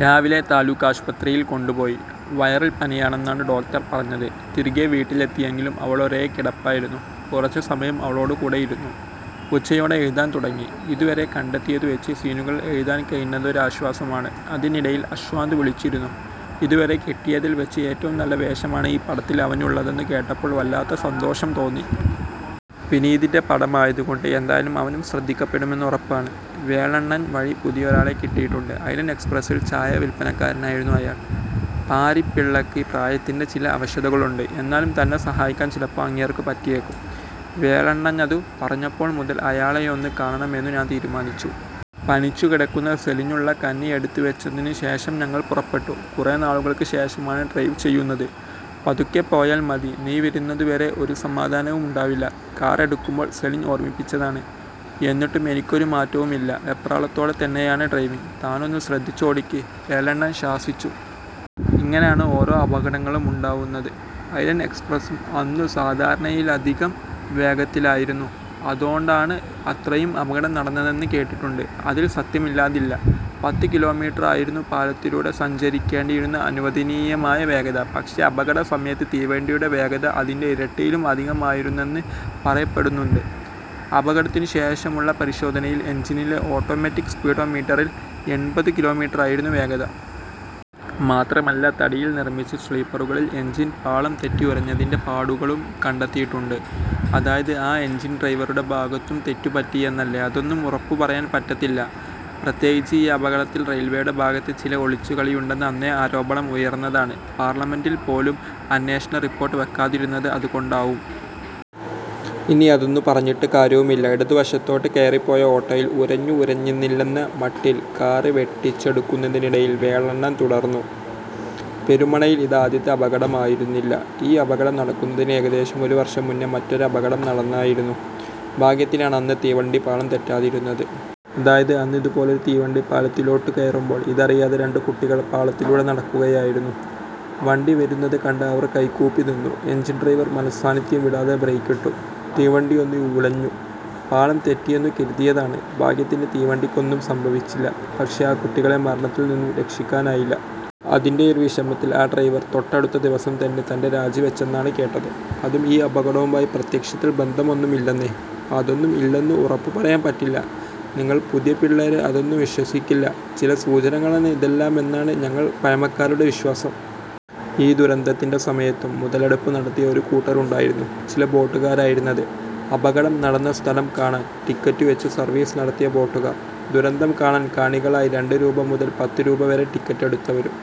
രാവിലെ താലൂക്കാശുപത്രീല് കൊണ്ടുപോയി. Viral പനിയാണെന്നാണ് doctor പറഞ്ഞത്. തിരികെ വീട്ടിലെത്തിയെങ്കിലും അവളൊരേ കിടപ്പായിരുന്നു. കുറച്ചു സമയം അവളുടെകൂടെ ഇരുന്നു. ഉച്ചയോടെ എഴുതാൻ തുടങ്ങി. ഇതുവരെ കണ്ടെത്തിയതുവെച്ച് സീനുകൾ എഴുതാൻ കഴിഞ്ഞതൊരു ആശ്വാസമാണ്. അതിനിടയിൽ അശ്വന്ത് വിളച്ചിരുന്നു. ഇതുവരെ കിട്ടിയതിൽവെച്ച് ഏറ്റവും നല്ല വേഷമാണ് ഈ പടത്തിൽ അവനുള്ളതെന്നു കേട്ടപ്പോൾ വല്ലാത്ത സന്തോഷം തോന്നി. വിനീതിന്റെ പടം ആയതുകൊണ്ട് എന്തായാലും അവനും ശ്രദ്ധിക്കപ്പെടുമെന്നു ഉറപ്പാണ്. വേലണ്ണൻ വഴി പുതിയൊരാളെ കിട്ടിയിട്ടുണ്ട്. ഐലന്റ് എക്സ്പ്രസിൽ ചായ വിൽപ്പനക്കാരനായിരുന്നു അയാൾ. "പാരിപ്പിള്ളയ്ക്ക് പ്രായത്തിന്റെ ചില അവശതകളൊണ്ട്. എന്നാലും തന്നെ സഹായിക്കാൻ ചിലപ്പോ അങ്ങേർക്ക് പറ്റിയേക്കും. " വേലണ്ണനതു പറഞ്ഞപ്പോൾ മുതൽ അയാളെയൊന്നു കാണാമെന്നു ഞാൻ തീരുമാനിച്ചു. പനിച്ചുകിടക്കുന്ന സെലിനുള്ള കഞ്ഞി എടുത്തുവെച്ചതിനു ശേഷം ഞങ്ങൾ പുറപ്പെട്ടു. കുറേ നാളുകൾക്ക് ശേഷമാണ് ഡ്രൈവ് ചെയ്യുന്നത്. 'പതുക്കെ പോയാല് മതി. നീ വരുന്നതുവരെ ഒരു സമാധാനവും ഉണ്ടാവില്ല' കാറ് എടുക്കുമ്പോൾ സെലിൻ ഓർമ്മിപ്പിച്ചതാണ്. എന്നിട്ടും എനിക്കൊരു മാറ്റവും ഇല്ല. വെപ്രാളത്തോടെ തന്നെയാണ് ഡ്രൈവിംഗ്. "താനൊന്നു ശ്രദ്ധിച്ച് ഓടിക്ക്", വേലണ്ണൻ ശ്വാസിച്ചു. "ഇങ്ങനാണ് ഓരോ അപകടങ്ങളും ഉണ്ടാവുന്നത്. ഐലന്റ് എക്സ്പ്രസും അന്നു സാധാരണയിലുമധികം വേഗതത്തിലായിരുന്നു. അതോണ്ടാണ് അത്രയും അപകടം നടന്നതെന്ന് കേട്ടിട്ടുണ്ട്. " "അതിൽ സത്യമില്ലാതില്ല. പത്തുകിലോമീറ്ററായിരുന്നു പാലത്തിലുടെ സഞ്ചരിക്കേണ്ടിയിരുന്ന അനുവദിനീയമായ വേഗത. പക്ഷേ, അപകട സമയത്ത് തീവണ്ടിയുടെ വേഗത അതിന്റെ ഇരട്ടിയിലും അധികമായിരുന്നെന്ന് പറയപ്പെടുന്നുണ്ട്. അപകടത്തിനു ശേഷമുള്ള പരിശോധനയിൽ എഞ്ചിനിലെ ഓട്ടോമാറ്റിക് സ്പീഡോ മീറ്ററിൽ എൺപതുകിലോമീറ്റർ ആയിരുന്നു വേഗത! മാത്രമല്ല, തടിയിൽ നിർമിച്ച് സ്ലീപ്പറുകളിൽ എഞ്ചിൻ പാളംതെറ്റി ഉരഞ്ഞതിന്റെ പാടുകളും കണ്ടെത്തിയിട്ടുണ്ട്" "അതായത് ആ എഞ്ചിൻ ഡ്രൈവറുടെ ഭാഗത്തും തെറ്റുപറ്റിയെന്നല്ലേ? " "അതൊന്നും ഉറപ്പു പറയാൻ പറ്റത്തില്ല. പ്രത്യേകിച്ച് ഈ അപകടത്തിൽ റെയിൽവേയുടെ ഭാഗത്ത് ചില ഒളിച്ചുകളിയുണ്ടെന്ന് അന്നേ ആരോപണം ഉയർന്നതാണ്. പാർലമെൻ്റിൽ പോലും അന്വേഷണ റിപ്പോർട്ട് വെക്കാതിരുന്നത് അതുകൊണ്ടാവും. ഇനിയതൊന്നു പറഞ്ഞിട്ടു കാര്യവുമില്ല. " ഇടതു വശത്തോട്ടു കയറിപ്പോയ ഓട്ടോയിൽ ഉരഞ്ഞു ഉരഞ്ഞെന്നില്ലെന്ന മട്ടിൽ കാറ് വെട്ടിച്ചെടുക്കുന്നതിനിടയിൽ വേലണ്ണൻ തുടർന്നു. "പെരുമണിൽ ഇത് ആദ്യത്തെ അപകടമായിരുന്നില്ല. ഈ അപകടം നടക്കുന്നതിന് ഏകദേശം ഒരു വർഷം മൂന്നെ മറ്റൊരു അപകടം നടന്നായിരുന്നു. ഭാഗ്യത്തിനാണ് അന്ന് തീവണ്ടി പാളം തെറ്റാതിരുന്നത്. അതായത്; അന്ന് ഇതുപോലൊരു തീവണ്ടി പാലത്തിലോട്ടു കയറുമ്പോൾ ഇതറിയാതെ രണ്ടു കുട്ടികൾ പാളത്തിലുടെ നടക്കുകയായിരുന്നു. വണ്ടി വരുന്നതു കണ്ട് അവര് കൈകൂപ്പി നിന്നു. എഞ്ചിൻ ഡ്രൈവർ മനസ്സാന്നിദ്ധ്യം വിടാതെ ബ്രേക്കിട്ടു. തീവണ്ടിയൊന്നു ഉലഞ്ഞു. പാളം തെറ്റിയെന്നു കരുതിയതാണ്. ഭാഗ്യത്തിന് തീവണ്ടിയ്ക്ക് ഒന്നും സംഭവിച്ചില്ല. പക്ഷേ, ആ കുട്ടികളെ മരണത്തിൽ നിന്നും രക്ഷിക്കാനായില്ല. അതിന്റെയൊരു വിഷമത്തിൽ ആ ഡ്രൈവർ തൊട്ടടുത്ത ദിവസം തന്നെ തന്റെ രാജിവെച്ചെന്നാണ് കേട്ടത്. " "അതും ഈ അപകടവുമായി പ്രത്യക്ഷത്തിൽ ബന്ധമൊന്നും ഇല്ലന്നേ. " "അതൊന്നും ഇല്ലെന്നു ഉറപ്പു പറയാൻ പറ്റില്ല. നിങ്ങള് പുതിയ പിള്ളാര് അതൊന്നു വിശ്വസിക്കില്ല. ചില സൂചനകളാണ് ഇതെല്ലാമെന്നാണ് ഞങ്ങൾ പഴമക്കാരുടെ വിശ്വാസം. ഈ ദുരന്തത്തിൻ്റെ സമയത്തും മുതലെടുപ്പ് നടത്തിയ ഒരുകൂട്ടര് ഉണ്ടായിരുന്നു. ചില ബോട്ടുകാരായിരുന്നത്. അപകടം നടന്ന സ്ഥലം കാണാൻ ടിക്കറ്റുവെച്ചു സർവീസ് നടത്തിയ ബോട്ടുകാര്! ദുരന്തം കാണാൻ കാണികളായി രണ്ടു രൂപ മുതൽ പത്തുരൂപവരെ ടിക്കറ്റെടുത്തവരും.